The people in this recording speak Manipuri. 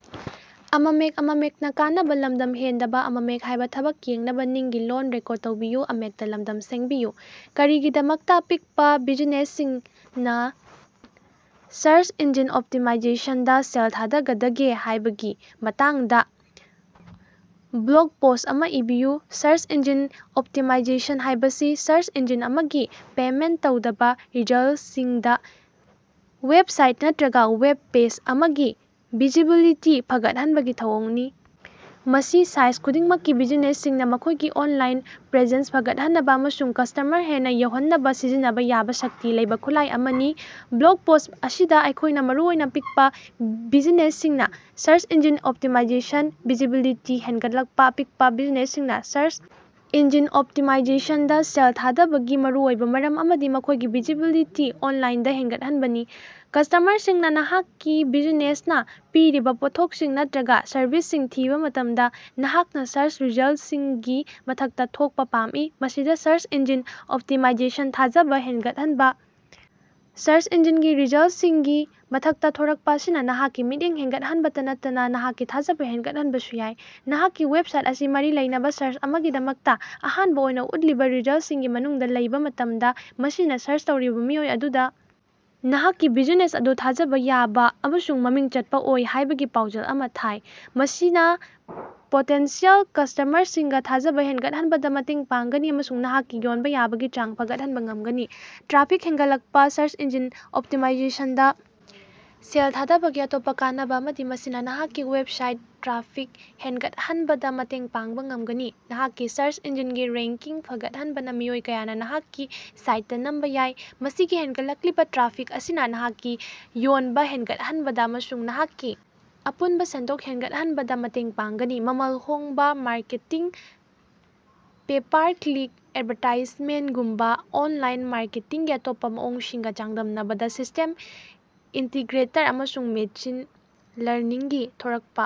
ꯀꯔꯤꯒꯤꯗꯃꯛꯇ ꯑꯄꯤꯛꯄ ꯕꯤꯖꯤꯅꯦꯁꯁꯤꯡꯅ ꯁ꯭ꯔꯆ ꯏꯟꯖꯤꯟ ꯑꯣꯞꯇꯤꯃꯥꯏꯖꯦꯁꯟ ꯗꯥ ꯁꯦꯜ ꯊꯥꯗꯒꯗꯒꯦ ꯍꯥꯢꯕꯒꯤ ꯃꯇꯥꯡꯗ ꯕ꯭ꯂꯣꯒ ꯄꯣꯁ꯭ꯠ ꯑꯃꯥ ꯏꯕꯤꯌꯨ꯫ ꯁ꯭ꯔꯆ ꯏꯟꯖꯤꯟ ꯑꯣꯞꯇꯤꯃꯥꯏꯖꯦꯁꯟ ꯍꯥꯢꯕꯁꯤ ꯁ꯭ꯔꯆ ꯏꯟꯖꯤꯟ ꯑꯃꯒꯤ ꯄꯦꯃꯦꯟꯇ ꯇꯧꯗꯕ ꯔꯤꯖꯜꯇꯁꯤꯡꯗ ꯋꯦꯕꯁꯥꯏꯠ ꯅꯠꯇ꯭ꯔꯒ ꯋꯦꯕ ꯄꯦꯖ ꯑꯃꯒꯤ ꯚꯤꯖꯤꯕꯤꯂꯤꯇꯤ ꯐꯒꯠꯍꯟꯕꯒꯤ ꯊꯧꯑꯣꯡꯅꯤ꯫ ꯃꯁꯤ ꯁꯥꯏꯖ ꯈꯨꯗꯤꯡꯃꯛꯀꯤ ꯕꯤꯖꯤꯅꯦꯁꯁꯤꯡꯅ ꯃꯈꯣꯢꯒꯤ ꯑꯣꯟꯂꯥꯏꯟ ꯄ꯭ꯔꯦꯖꯦꯟꯁ ꯐꯒꯠꯍꯟꯅꯕ ꯑꯃꯁꯨꯡ ꯀꯁꯇꯃꯔ ꯍꯦꯟꯅ ꯌꯧꯍꯟꯅꯕ ꯁꯤꯖꯤꯟꯅꯕ ꯌꯥꯕ ꯁꯛꯇꯤ ꯂꯩꯕ ꯈꯨꯠꯂꯥꯢ ꯑꯃꯅꯤ꯫ ꯕ꯭ꯂꯣꯒ ꯄꯣꯁ꯭ꯠ ꯑꯁꯤꯗ ꯑꯩꯈꯣꯢꯅ ꯃꯔꯨꯑꯣꯏꯅ ꯑꯄꯤꯛꯄ ꯕꯤꯖꯤꯅꯦꯁꯁꯤꯡꯅ ꯁ꯭ꯔꯆ ꯏꯟꯖꯤꯟ ꯑꯣꯞꯇꯤꯃꯥꯏꯖꯦꯁꯟ ꯚꯤꯖꯤꯕꯤꯂꯤꯇꯤ ꯍꯦꯟꯒꯠꯂꯛꯄ ꯑꯄꯤꯛꯄ ꯕꯤꯖꯤꯅꯦꯁꯁꯤꯡꯅ ꯁ꯭ꯔꯆ ꯏꯟꯖꯤꯟ ꯑꯣꯞꯇꯤꯃꯥꯏꯖꯦꯁꯟ ꯗ ꯁꯦꯜ ꯊꯥꯗꯕꯒꯤ ꯃꯔꯨꯑꯣꯏꯕ ꯃꯔꯝ ꯑꯃꯗꯤ ꯃꯈꯣꯢꯒꯤ ꯚꯤꯖꯤꯕꯤꯂꯤꯇꯤ ꯑꯣꯟꯂꯥꯏꯟꯗ ꯍꯦꯟꯒꯠꯍꯟꯕꯅꯤ꯫ ꯀꯁꯇꯃꯔꯁꯤꯡꯅ ꯅꯍꯥꯛꯀꯤ ꯕꯤꯖꯤꯅꯦꯁꯅꯥ ꯄꯤꯔꯤꯕ ꯄꯣꯠꯊꯣꯛꯁꯤꯡ ꯅꯠꯇ꯭ꯔꯒ ꯁꯔꯚꯤꯁꯁꯤꯡ ꯊꯤꯕ ꯃꯇꯝꯗ ꯅꯍꯥꯛꯅ ꯁ꯭ꯔꯁ ꯔꯤꯖꯜꯇꯁꯤꯡꯒꯤ ꯃꯊꯛꯇ ꯊꯣꯛꯄ ꯄꯥꯝꯃꯤ꯫ ꯃꯁꯤꯗ ꯁ꯭ꯔꯁ ꯏꯟꯖꯤꯟ ꯑꯣꯞꯇꯤꯃꯥꯏꯖꯦꯁꯟ ꯊꯥꯖꯕ ꯍꯦꯟꯒꯠꯍꯟꯕ ꯁꯔꯆ ꯏꯟꯖꯤꯟꯒꯤ ꯔꯤꯖꯜꯇꯁꯤꯡꯒꯤ ꯃꯊꯛꯇ ꯊꯣꯔꯛꯄꯥ ꯑꯁꯤꯅ ꯅꯍꯥꯛꯀꯤ ꯃꯤꯠꯌꯦꯡ ꯍꯦꯟꯒꯠꯍꯟꯕꯇꯥ ꯅꯠꯇꯅ ꯅꯍꯥꯛꯀꯤ ꯊꯥꯖꯕ ꯍꯦꯟꯒꯠꯍꯟꯕꯁꯨ ꯌꯥꯏ꯫ ꯅꯍꯥꯛꯀꯤ ꯋꯦꯕꯁꯥꯏꯠ ꯑꯁꯤ ꯃꯔꯤ ꯂꯩꯅꯕ ꯁ꯭ꯔꯆ ꯑꯃꯒꯤꯗꯃꯛꯇ ꯑꯍꯥꯟꯕ ꯑꯣꯏꯅ ꯎꯠꯂꯤꯕ ꯔꯤꯖꯜꯇꯁꯤꯡꯒꯤ ꯃꯅꯨꯡꯗ ꯂꯩꯕ ꯃꯇꯝꯗ ꯃꯁꯤꯅ ꯁ꯭ꯔꯆ ꯇꯧꯔꯤꯕ ꯃꯤꯑꯣꯏ ꯑꯗꯨꯗ ꯅꯍꯥꯛꯀꯤ ꯕꯤꯖꯤꯅꯦꯁ ꯑꯗꯨ ꯊꯥꯖꯕ ꯌꯥꯕ ꯑꯃꯁꯨꯡ ꯃꯃꯤꯡ ꯆꯠꯄ ꯑꯣꯏ ꯍꯥꯢꯕꯒꯤ ꯄꯥꯎꯖꯦꯜ ꯑꯃ ꯊꯥꯏ꯫ ꯃꯁꯤꯅ ꯄꯣꯇꯦꯟꯁꯤꯌꯦꯜ ꯀꯁꯇꯃꯔꯁꯤꯡꯒ ꯊꯥꯖꯕ ꯍꯦꯟꯒꯠꯍꯟꯕꯗ ꯃꯇꯦꯡ ꯄꯥꯡꯒꯅꯤ ꯑꯃꯁꯨꯡ ꯅꯍꯥꯛꯀꯤ ꯌꯣꯟꯕ ꯌꯥꯕꯒꯤ ꯆꯥꯡ ꯐꯒꯠꯍꯟꯕ ꯉꯝꯒꯅꯤ꯫ ꯇ꯭ꯔꯥꯐꯤꯛ ꯍꯦꯟꯒꯠꯂꯛꯄ ꯁ꯭ꯔꯁ ꯏꯟꯖꯤꯟ ꯑꯣꯞꯇꯤꯃꯥꯏꯖꯦꯁꯟ ꯗꯥ ꯁꯦꯜ ꯊꯥꯗꯕꯒꯤ ꯑꯇꯣꯞꯄ ꯀꯥꯟꯅꯕ ꯑꯃꯗꯤ ꯃꯁꯤꯅ ꯅꯍꯥꯛꯀꯤ ꯋꯦꯕꯁꯥꯏꯠꯇ ꯇ꯭ꯔꯥꯐꯤꯛ ꯍꯦꯟꯒꯠꯍꯟꯕꯗ ꯃꯇꯦꯡ ꯄꯥꯡꯕ ꯉꯝꯒꯅꯤ꯫ ꯅꯍꯥꯛꯀꯤ ꯁ꯭ꯔꯆ ꯏꯟꯖꯤꯟꯒꯤ ꯔꯦꯡꯀꯤꯡ ꯐꯒꯠꯍꯟꯕꯅ ꯃꯤꯑꯣꯏ ꯀꯌꯥꯅ ꯅꯍꯥꯛꯀꯤ ꯁꯥꯏꯇꯇꯥ ꯅꯝꯕ ꯌꯥꯏ꯫ ꯃꯁꯤꯒꯤ ꯍꯦꯟꯒꯠꯂꯛꯂꯤꯕ ꯇ꯭ꯔꯥꯐꯤꯛ ꯑꯁꯤꯅ ꯅꯍꯥꯛꯀꯤ ꯌꯣꯟꯕ ꯍꯦꯟꯒꯠꯍꯟꯕꯗ ꯑꯃꯁꯨꯡ ꯅꯍꯥꯛꯀꯤ ꯑꯄꯨꯟꯕ ꯁꯦꯟꯊꯣꯛ ꯍꯦꯟꯒꯠꯍꯟꯕꯗ ꯃꯇꯦꯡ ꯄꯥꯡꯒꯅꯤ꯫ ꯃꯃꯜ ꯍꯣꯡꯕ ꯃꯥꯔꯀꯦꯇꯤꯡ ꯄꯦ-ꯄꯥꯔ-ꯀ꯭ꯂꯤꯛ ꯑꯦꯗꯚꯥꯔꯇꯥꯏꯖꯃꯦꯟꯇꯒꯨꯝꯕ ꯑꯣꯟꯂꯥꯏꯟ ꯃꯥꯔꯀꯦꯇꯤꯡꯒꯤ ꯑꯇꯣꯞꯄ ꯃꯑꯣꯡꯁꯤꯡꯒ ꯆꯥꯡꯗꯝꯅꯕꯗ ꯁꯤꯁꯇꯦꯝ ꯏꯟꯇꯤꯒ꯭ꯔꯦꯇꯔ ꯑꯃꯁꯨꯡ ꯃꯦꯁꯤꯟ ꯂꯔꯅꯤꯡꯒꯤ ꯊꯣꯔꯛꯄ꯫